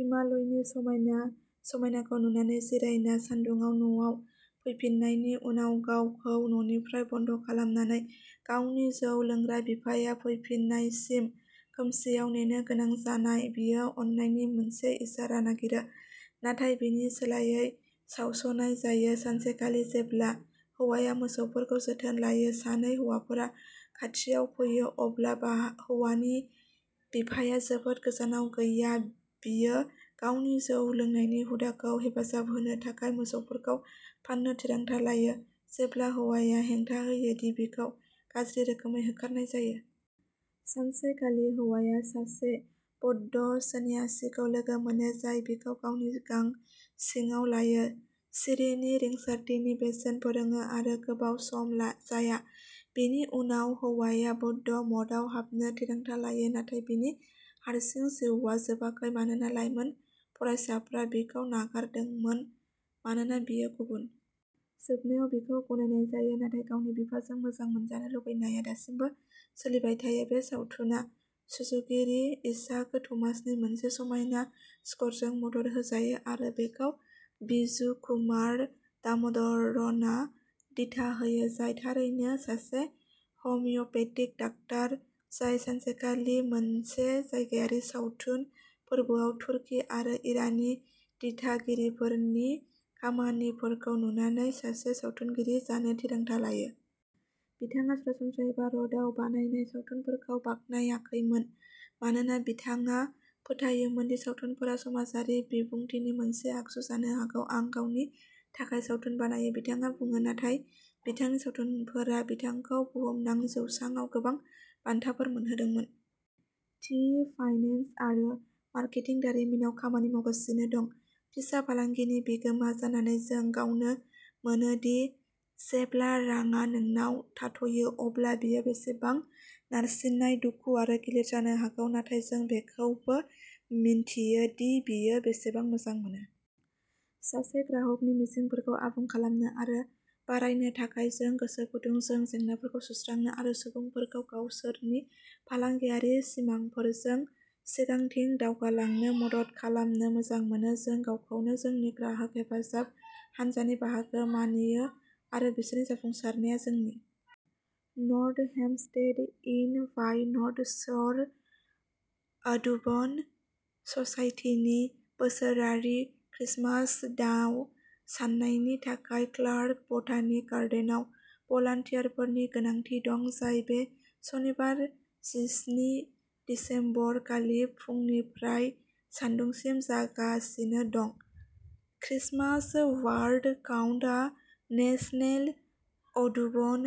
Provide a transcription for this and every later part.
हिमालयनि समायना समायनाखौ नुनानै जिरायना, सान्दुङाव न'आव फैफिन्नायनि उनाव गावखौ न'निफ्राय बन्द' खालामनानै, गावनि जौ लोंग्रा बिफाया फैफिन्नायसिम खोमसिआव नेनो गोनां जानाय, बियो अननायनि मोनसे इसारा नागिरो, नाथाय बेनि सोलायै सावस'नाय जायो। सानसेखालि जेब्ला हौवाया मोसौफोरखौ जोथोन लायो, सानै हौवाफोरा खाथियाव फैयो, अब्ला हौवानि बिफाया जोबोद गोजानाव गैया, बियो गावनि जौ लोंनायनि हुदाखौ हेफाजाब होनो थाखाय मोसौफोरखौ फान्नो थिरांथा लायो, जेब्ला हौवाया हेंथा होयो दि बिखौ गाज्रि रोखोमै होखारनाय जायो। सानसेखालि हौवाया सासे बौद्ध सन्यासिखौ लोगो मोनो, जाय बिखौ गावनि गां सिङाव लायो, सिरिनि रिंसारथिनि बेसेन फोरोङो आरो गोबाव सम जाया, बिनि उनाव हौवाया बौद्ध मठआव हाबनो थिरांथा लायो। नाथाय बिनि हारसिं जिउआ जोबाखै मानोना लाइमोन फरायसाफ्रा बिखौ नागारदोंमोन मानोना बियो गुबुन। जोबनायाव, बिखौ गनायनाय जायो, नाथाय गावनि बिफाजों मोजां मोनजानो लुबैनाया दासिमबो सोलिबाय थायो। बे सावथुना सुजुगिरि इसाक थमासनि मोनसे समायना स्करजों मदद होजायो आरो बेखौ बिजुकुमार दाम'दरनआ दिथा होयो, जाय थारैनो सासे हमिय'पेथिक डाक्टार, जाय सानसेखालि मोनसे जायगायारि सावथुन फोरबोआव तुर्की आरो इरानी दिथागिरिफोरनि खामानिफोरखौ नुनानै सासे सावथुनगिरि जानो थिरांथा लायो। बिथाङा सरासनस्रायै भारतआव बानायनाय सावथुनफोरखौ बाख्नायाखैमोन मानोना बिथाङा फोथायोमोन दि सावथुनफोरा समाजारि बिबुंथिनि मोनसे आगजु जानो हागौ। आं गावनि थाखाय सावथुन बानायो बिथाङा बुङो नाथाय बिथांनि सावथुनफोरा बिथांखौ बुहुमनां जौसाङाव गोबां बान्थाफोर मोनहोदोंमोन। टी फाइनेन्स आरो मार्केटिं दारिमिनाव खामानि मावगासिनो दं। फिसा फालांगिनि बिगोमा जानानै जों गावनो मोनो दि जेब्ला रांआ नोंनाव थाथ'यो अब्ला बेयो बेसेबां नारसिननाय, दुखु आरो गिलिर जानो हागौ, नाथाय जों बेखौबो मिन्थियो दि बेयो बेसेबां मोजां मोनो। सासे ग्राहकनि मिजिंफोरखौ आबुं खालामनो आरो बारायनो थाखाय। जों गोसो गुदुं, जों जेंनाफोरखौ सुस्रांनो आरो सुबुंफोरखौ गावसोरनि फालांगियारि सिमांफोरजों सिगांथिं दावगालांनो मदद खालामनो मोजां मोनो। जों गावखौनो जोंनि ग्राहक हेफाजाब हानजानि बाहागो मानियो आरो बिसोरनि जाफुंसारनाया जोंनि। North Hempstead, N Y North Shore Audubon ससाइटिनि बोसोरारि क्रिसमास दाव साननायनि थाखाय क्लार्क बटानिक गार्डेनआव भलन्टियारफोरनि गोनांथि दं, जाय बे सनिबार, जिस्नि दिसेम्बर खालि फुंनिफ्राय सान्दुंसिम जागासिनो दं। क्रिसमास बार्ड काउन्ट आ नेसनेल अडुबन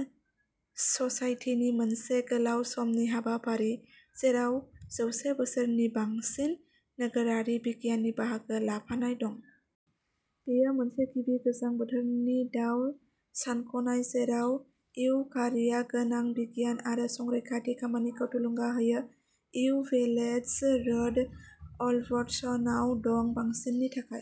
ससाइटिनि मोनसे गोलाव समनि हाबाफारि, जेराव जौसे बोसोरनि बांसिन नोगोरारि बिगियाननि बाहागो लाफानाय दं। बेयो मोनसे गिबि गोजां बोथोरनि दाव सानख'नाय, जेराव इउ खारिआ गोनां बिगियान आरो संरैखाथि खामानिखौ थुलुंगा होयो। इउ विलेट्स रोड, अल्बर्टसनआव दं। बांसिननि थाखाय